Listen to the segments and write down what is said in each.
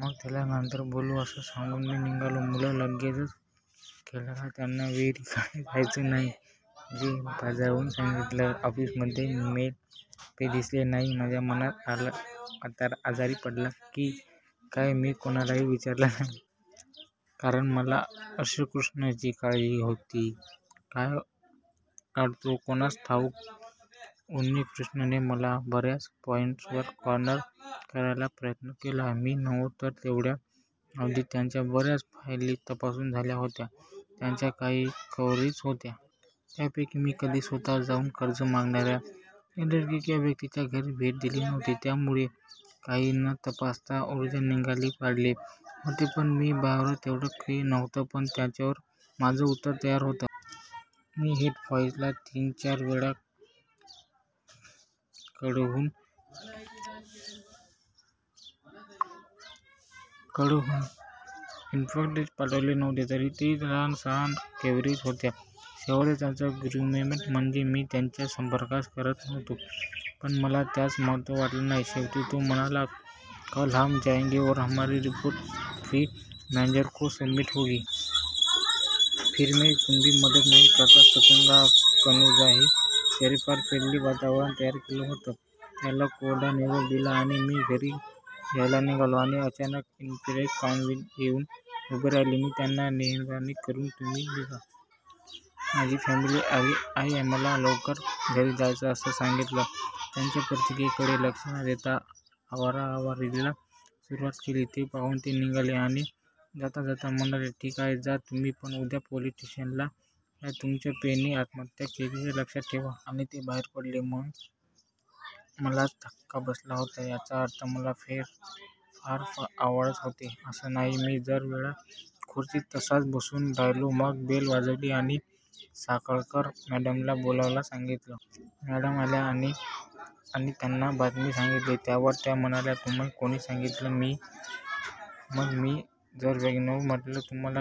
मग त्याला नंतर बोलू असं सांगून मी निघालो. मुलं लगेचंच खेळायला. त्यांना विहीरीकडे जायचं नाही हे बजावून सांगितलं. ऑफिसमध्ये मला पै दिसले नाही. माझ्या मनात आलं, म्हातारा आजारी पडला की काय? मीही कोणालाही विचारलं नाही. कारण मला उन्नीकृष्णन ची काळजी होती. काय काढतो कोणास ठाऊक? उन्नीकृष्णनने मला बऱ्याच पॉईंट्स वर कॉर्नर करायचा प्रयत्न केला. मी नव्हतो तेवढ्या अवधीत त्यांच्या बऱ्याच फायली तपासून झाल्या होत्या. त्यांच्या काही क्वेरीज होत्या. त्यापैकी मी कधी स्वतः जाऊन कर्ज मागणाऱ्या इंडस्ट्री किंवा व्यक्तीच्या घरी भेट दिली नव्हती. त्यामुळे काहीही न तपासता अर्ज निकाली काढले होते. आणि मी बरोबर तेवढंच केलेलं नव्हतं. पण त्यावर माझं उत्तर तयार होतं. मी हेडऑफिसला तीनचार वेळा कळवूनही इन्स्पेक्टर्स पाठवले नव्हते. इतरही लहान सहान क्वेरिज होत्या. शेवटचं त्यांचं अर्ग्यूमेंट म्हणजे मी त्याच्याशी सहकार्य करीत नव्हतो. पण मला त्याचं महत्व वाटलं नाही. शेवटी तो म्हणाला," कल हम जायेंगे और हमारी ये रिपोर्ट चीफ मॅनेजर को सबमिट होगी. फिर मैं कुणबी मदत नहीं कर सकूंगा" जणूकाही त्याने फार फ्रेंडली वातावरण तयार केलं होतं. त्याला कोरडा निरोप दिला आणि मी घरी यायला निघालो. आणि अचानक इन्स्पे. कानविंदे येऊन उभे राहिले. मी त्यांना मेहरबानी करुन तुम्ही निघा. माझी फॅमिली आली आहे आणि मला लवकर घरी जायचंय असं सांगितलं. त्यांच्या प्रतिक्रियेकडे लक्ष न देता आवराआवरीला सुरुवात केली. ते पाहून ते निघाले आणि जाता जाता म्हणाले," ठीक आहे, जा तुम्ही, पण उद्या पोलिस स्टेशनला या, तुमच्या पैंनी आत्महत्या केलिये हे लक्षात ठेवा. " आणि ते बाहेर पडले. मला चांगलाच धक्का बसला होता. याचा अर्थ मला पै फार आवडत होते असं नाही. मी जरा वेळ खुर्चीत तसाच बसून राहिलो. मग बेल वाजवली, आणि साखळकर मॅडमना बोलवायला सांगितलं. मॅडम आल्या. त्यांना बातमी सांगितली. त्यावर त्या म्हणाल्या," तुम्हाला कोणी सांगितलं? " मग मी जरा वैतागून म्हंटलं, " तुम्हाला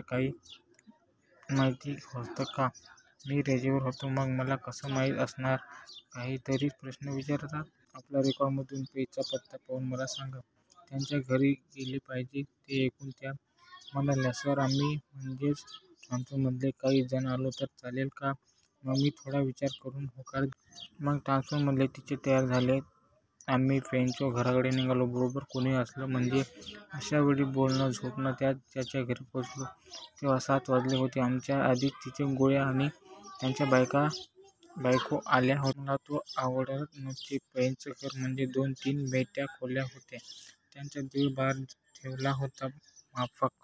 माहिती होतं का? मी रजेवर होतो, मग मला कसं माहित असणार? काहीतरीच प्रश्न विचारता. आपल्या रेकॉर्ड मधून पैंचा पत्ता पाहून मला सांगा. त्यांच्या घरी गेलं पाहिजे. " ते ऐकून त्या म्हणाल्या," सर आम्ही, म्हणजे स्टाफमधले काही जण आलो तर चालेल का? " मग मी थोडा विचार करून होकार दिला. मग स्टाफमधले तिघे तयार झाले. आम्ही पैंच्या घराकडे निघालो. बरोबर कोणी असलं म्हणजे अशा वेळी बोलणं सोपं जातं. त्यांच्या घरी पोहोचलो, तेव्हा सात वाजले होते. आमच्या आधीच तिथे गोळे आणि त्याची बायका बायको आले मला तो आवडत नसे. पैंचं घर म्हणजे दोन तीन बैठ्या खोल्या होत्या. त्यांचा देह बाहेर ठेवला होता माफक